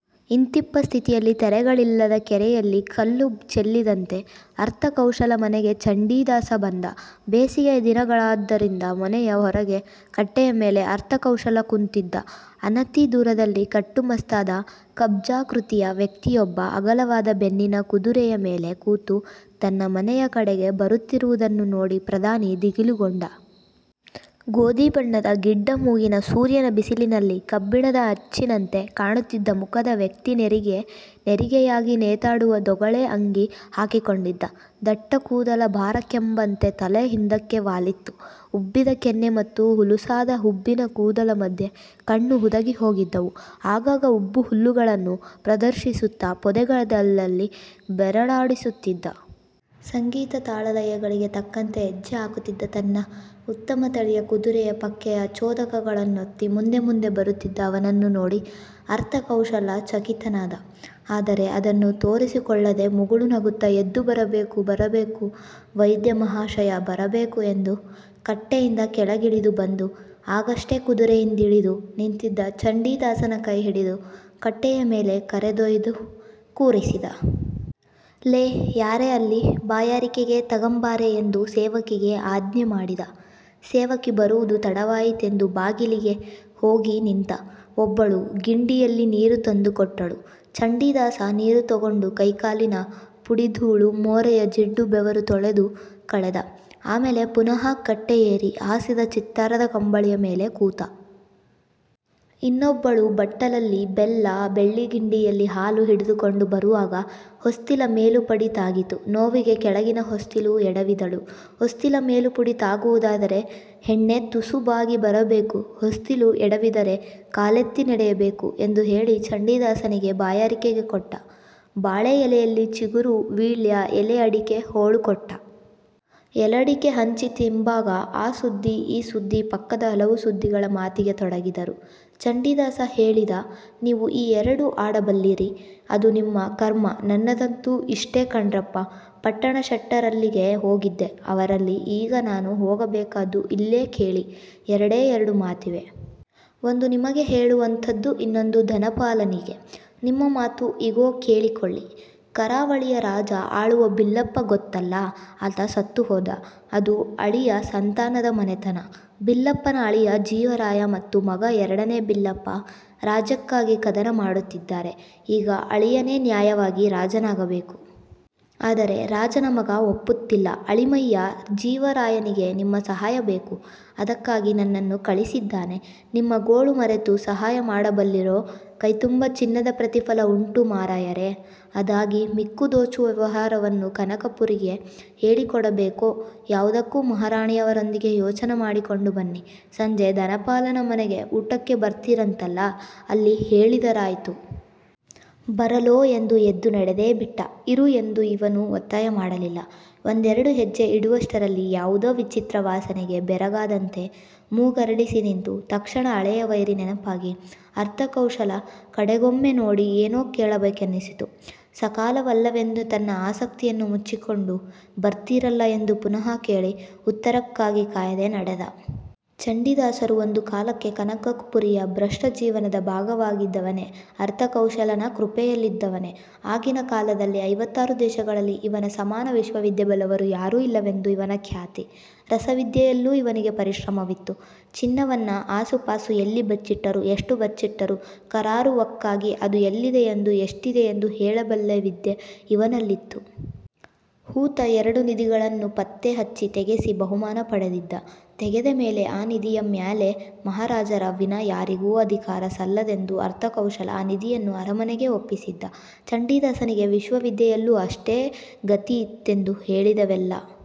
ಇಂತಿಪ್ಪ ಸ್ಥಿತಿಯಲ್ಲಿ ತೆರೆಗಳಿಲ್ಲದ ಕೆರೆಯಲ್ಲಿ ಕಲ್ಲು ಚೆಲ್ಲಿದಂತೆ ಅರ್ಥಕೌಶಲ ಮನೆಗೆ ಚಂಡೀದಾಸ ಬಂದ. ಬೇಸಿಗೆಯ ದಿನಗಳಾದ್ದರಿಂದ ಮನೆಯ ಹೊರಗೆ ಕಟ್ಟೆಯ ಮೇಲೆ ಅರ್ಥಕೌಶಲ ಕುಂತಿದ್ದ. ಅನತಿ ದೂರದಲ್ಲಿ ಕಟ್ಟುಮಸ್ತಾದ, ಕುಬ್ಜಾಕೃತಿಯ ವ್ಯಕ್ತಿಯೊಬ್ಬ ಅಗಲವಾದ ಬೆನ್ನಿನ ಕುದುರೆಯ ಮೇಲೆ ಕೂತು ತನ್ನ ಮನೆಯ ಕಡೆಗೇ ಬರುತ್ತಿರುವುದನ್ನು ನೋಡಿ ಪ್ರಧಾನಿ ದಿಗಿಲುಗೊಂಡ. ಗೋದಿ ಬಣ್ಣದ, ಗಿಡ್ಡ ಮೂಗಿನ, ಸೂರ್ಯನ ಬಿಸಿಲಿನಲ್ಲಿ ಕಬ್ಬಿಣದ ಅಚ್ಚಿನಂತೆ ಕಾಣುತ್ತಿದ್ದ ಮುಖದ ವ್ಯಕ್ತಿ ನೆರಿಗೆ ನೆರಿಗೆಯಾಗಿ ನೇತಾಡುವ ದೊಗಳೆ ಅಂಗಿ ಹಾಕಿಕೊಂಡಿದ್ದ. ದಟ್ಟಕೂದಲ ಭಾರಕ್ಕೆಂಬಂತೆ ತಲೆ ಹಿಂದಕ್ಕೆ ವಾಲಿತ್ತು. ಉಬ್ಬಿದ ಕೆನ್ನೆ ಮತ್ತು ಹುಲುಸಾದ ಹುಬ್ಬಿನ ಕೂದಲ ಮಧ್ಯೆ ಕಣ್ಣು ಹುದುಗಿ ಹೋಗಿದ್ದವು. ಆಗಾಗ ಉಬ್ಬು ಹಲ್ಲುಗಳನ್ನು ಪ್ರದರ್ಶಿಸುತ್ತ ಪೊದೆಗೂದಲಲ್ಲಿ ಬೆರಳಾಡಿಸುತ್ತಿದ್ದ. ಸಂಗೀತ ತಾಳಲಯಗಳಿಗೆ ತಕ್ಕಂತೆ ಹೆಜ್ಜೆ ಹಾಕುತ್ತಿದ್ದ ತನ್ನ ಉತ್ತಮ ತಳಿಯ ಕುದುರೆಯ ಪಕ್ಕೆಯ ಚೋದಕಗಳನ್ನೊತ್ತಿ ಮುಂದೆ ಮುಂದೆ ಬರುತ್ತಿದ್ದ ಅವನನ್ನು ನೋಡಿ ಅರ್ಥಕೌಶಲ ಚಕಿತನಾದ. ಆದರೆ ಅದನ್ನು ತೋರಿಸಿಕೊಳ್ಳದೆ ಮುಗುಳು ನಗುತ್ತ ಎದ್ದು ಬರಬೇಕು ಬರಬೇಕು ವೈದ್ಯ ಮಹಾಶಯ ಬರಬೇಕು ಎಂದು ಕಟ್ಟೆಯಿಂದ ಕೆಳಗಿಳಿದು ಬಂದು ಆಗಷ್ಟೆ ಕುದುರೆಯಿಂದಿಳಿದು ನಿಂತಿದ್ದ ಚಂಡೀದಾಸನ ಕೈ ಹಿಡಿದು ಕಟ್ಟೆಯ ಮೇಲೆ ಕರೆದೊಯ್ದು ಕೂರಿಸಿದ. ಲೇ ಯಾರೇ ಅಲ್ಲಿ? ಬಾಯಾರಿಕೆಗೆ ತಗಂಬಾರೆ ಎಂದು ಸೇವಕಿಗೆ ಆಜ್ಞೆ ಮಾಡಿದ. ಸೇವಕಿ ಬರುವುದು ತಡವಾಯಿತೆಂದು ಬಾಗಿಲಿಗೆ ಹೋಗಿ ನಿಂತ. ಒಬ್ಬಳು ಗಿಂಡಿಯಲ್ಲಿ ನೀರು ತಂದುಕೊಟ್ಟಳು. ಚಂಡೀದಾಸ ನೀರು ತಗೊಂಡು ಕೈಕಾಲಿನ ಪುಡಿಧೂಳು, ಮೋರೆಯ ಜಿಡ್ಡು ಬೆವರು ತೊಳೆದು ಕಳೆದ. ಆಮೇಲೆ ಪುನಃ ಕಟ್ಟೆಯೇರಿ ಹಾಸಿದ ಚಿತ್ತಾರದ ಕಂಬಳಿಯ ಮೇಲೆ ಕೂತ. ಇನ್ನೊಬ್ಬಳು ಬಟ್ಟಲಲ್ಲಿ ಬೆಲ್ಲ, ಬೆಳ್ಳಿಗಿಂಡಿಯಲ್ಲಿ ಹಾಲು ಹಿಡಿದುಕೊಂಡು ಬರುವಾಗ ಹೊಸ್ತಿಲ ಮೇಲುಪಡಿ ತಾಗಿತು. ನೋವಿಗೆ ಕೆಳಗಿನ ಹೊಸ್ತಿಲು ಎಡವಿದಳು. ಹೊಸ್ತಿಲ ಮೇಲುಪಡಿ ತಾಗುವುದಾದರೆ ಹೆಣ್ಣೇ ತುಸು ಬಾಗಿ ಬರಬೇಕು ಹೊಸ್ತಿಲು ಎಡವಿದರೆ ಕಾಲೆತ್ತಿ ನಡೆಯಬೇಕು ಎಂದು ಹೇಳಿ ಚಂಡೀದಾಸನಿಗೆ ಬಾಯಾರಿಕೆಗೆ ಕೊಟ್ಟ. ಬಾಳೆಯೆಲೆಯಲ್ಲಿ ಚಿಗುರು ವೀಳ್ಯ, ಎಲೆ ಅಡಿಕೆ ಹೋಳು ಕೊಟ್ಟ. ಎಲಡಿಕೆ ಹಂಚಿ ತಿಂಬಾಗ ಆ ಸುದ್ದಿ ಈ ಸುದ್ದಿ ಪಕ್ಕದ ಹಲವು ಸುದ್ದಿಗಳ ಮಾತಿಗೆ ತೊಡಗಿದರು. ಚಂಡೀದಾಸ ಹೇಳಿದ ನೀವು ಈ ಎರಡೂ ಆಡಬಲ್ಲರಿ, ಅದು ನಿಮ್ಮ ಕರ್ಮ. ನನ್ನದಂತೂ ಇಷ್ಟೆ ಕಣ್ರಪ್ಪ. ಪಟ್ಟಣಶೆಟ್ಟರಲ್ಲಿಗೆ ಹೋಗಿದ್ದೆ. ಅವರಿಲ್ಲ, ಈಗ ನಾನು ಹೋಗಬೇಕಾದ್ದು ಇಲ್ಲೇ ಕೇಳಿ. ಎರಡೇ ಎರಡು ಮಾತಿವೆ. ಒಂದು ನಿಮಗೆ ಹೇಳುವಂಥದ್ದು, ಇನ್ನೊಂದು ಧನಪಾಲನಿಗೆ. ನಿಮ್ಮ ಮಾತು ಇಗೋ ಕೇಳಿಕೊಳ್ಳಿ. ಕರಾವಳಿಯ ರಾಜ ಆಳುವ ಬಿಲ್ಲಪ್ಪ ಗೊತ್ತಲ್ಲ ಆತ ಸತ್ತು ಹೋದ. ಅದು ಅಳಿಯ ಸಂತಾನದ ಮನೆತನ. ಬಿಲ್ಲಪ್ಪನ ಅಳಿಯ ಜೀವರಾಯ ಮತ್ತು ಮಗ ಎರಡನೇ ಬಿಲ್ಲಪ್ಪ ರಾಜ್ಯಕ್ಕಾಗಿ ಕದನವಾಡುತ್ತಿದ್ದಾರೆ. ಈಗ ಅಳಿಯನೇ ನ್ಯಾಯವಾಗಿ ರಾಜನಾಗಬೇಕು. ಆದರೆ ರಾಜನ ಮಗ ಒಪ್ಪುತ್ತಿಲ್ಲ. ಅಳೀಮಯ್ಯ ಜೀವರಾಯನಿಗೆ ನಿಮ್ಮ ಸಹಾಯ ಬೇಕು. ಅದಕ್ಕಾಗಿ ನನ್ನನ್ನು ಕಳಿಸಿದ್ದಾನೆ. ನಿಮ್ಮ ಗೋಳು ಮರೆತು ಸಹಾಯ ಮಾಡಬಲ್ಲಿರೊ ಕೈತುಂಬ ಚಿನ್ನದ ಪ್ರತಿಫಲ ಉಂಟು ಮಾರಾಯರೇ, ಅದಾಗಿ ಮಿಕ್ಕು ದೋಚುವ ವ್ಯವಹಾರವನ್ನ ಕನಕಪುರಿಗೆ ಹೇಳಿಕೊಡಬೇಕೋ ಯಾವುದಕ್ಕೂ ಮಹಾರಾಣಿಯವರೊಂದಿಗೆ ಯೋಚನೆ ಮಾಡಿಕೊಂಡು ಬನ್ನಿ, ಸಂಜೆ ಧನಪಾಲನ ಮನೆಗೆ ಊಟಕ್ಕೆ ಬರ್ತೀರಂತಲ್ಲ ಅಲ್ಲಿ ಹೇಳಿದರಾಯ್ತು. ಬರಲೋ ಎಂದು ಎದ್ದು ನಡೆದೇಬಿಟ್ಟ. ಇರು ಎಂದು ಇವನೂ ಒತ್ತಾಯ ಮಾಡಲಿಲ್ಲ. ಒಂದೆರಡು ಹೆಜ್ಜೆ ಇಡುವಷ್ಟರಲ್ಲಿ ಯಾವುದೋ ವಿಚಿತ್ರ ವಾಸನೆಗೆ ಬೆರಗಾದಂತೆ ಮೂಗರಳಿಸಿ ನಿಂತು, ತಕ್ಷಣ ಹಳೆಯ ವೈರಿ ನೆನಪಾಗಿ ಅರ್ಥಕೌಶಲ ಕಡೆಗೊಮ್ಮೆ ನೋಡಿ ಏನೋ ಕೇಳಬೇಕನ್ನಿಸಿತು. ಸಕಾಲವಲ್ಲವೆಂದು ತನ್ನ ಆಸಕ್ತಿಯನ್ನು ಮುಚ್ಚಿಕೊಂಡು, ಬರ್ತೀರಲ್ಲ ಎಂದು ಪುನಃ ಕೇಳಿ ಉತ್ತರಕ್ಕಾಗಿ ಕಾಯದೆ ನಡೆದ. ಚಂಡೀದಾಸನೂ ಒಂದು ಕಾಲಕ್ಕೆ ಕನಕಪುರಿಯ ಭ್ರಷ್ಟ ಜೀವನದ ಭಾಗವಾಗಿದ್ದವನೇ, ಅರ್ಥಕೌಶಲನ ಕೃಪೆಯಲ್ಲಿದ್ದವನೇ. ಆಗಿನ ಕಾಲದಲ್ಲಿ ಐವತ್ತಾರು ದೇಶಗಳಲ್ಲಿ ಇವನ ಸಮಾನ ವಿಷವಿದ್ಯೆ ಬಲ್ಲವರು ಯಾರೂ ಇಲ್ಲವೆಂದು ಇವನ ಖ್ಯಾತಿ. ರಸವಿದ್ಯೆಯಲ್ಲೂ ಇವನಿಗೆ ಪರಿಶ್ರಮವಿತ್ತು. ಚಿನ್ನವನ್ನ ಆಸುಪಾಸು ಎಲ್ಲಿ ಬಚ್ಚಿಟ್ಟರೂ, ಎಷ್ಟು ಬಚ್ಚಿಟ್ಟರೂ ಕರಾರುವಕ್ಕಾಗಿ ಅದು ಎಲ್ಲಿದೆಯೆಂದು ಎಷ್ಟಿದೆಯೆಂದು ಹೇಳಬಲ್ಲ ವಿದ್ಯೆ ಇವನಲ್ಲಿತ್ತು. ಹೂತ ಎರಡು ನಿಧಿಗಳನ್ನುಪತ್ತೆ ಹಚ್ಚಿ ತೆಗೆಸಿ ಬಹುಮಾನ ಪಡೆದಿದ್ದ. ತೆಗೆದ ಮೇಲೆ ಆ ನಿಧಿಯ ಮ್ಯಾಲೆ ಮಹಾರಾಜರ ವಿನಾ ಯಾರಿಗೂ ಅಧಿಕಾರ ಸಲ್ಲದೆಂದು ಅರ್ಥಕೌಶಲ ಆ ನಿಧಿಯನ್ನು ಅರಮನೆಗೇ ಒಪ್ಪಿಸಿದ್ದ. ಚಂಡೀದಾಸನಿಗೆ ವಿಷವಿದ್ಯೆಯಲ್ಲೂ ಅಷ್ಟೇ ಗತಿಯಿತ್ತೆಂದು ಹೇಳಿದೆವಲ್ಲ?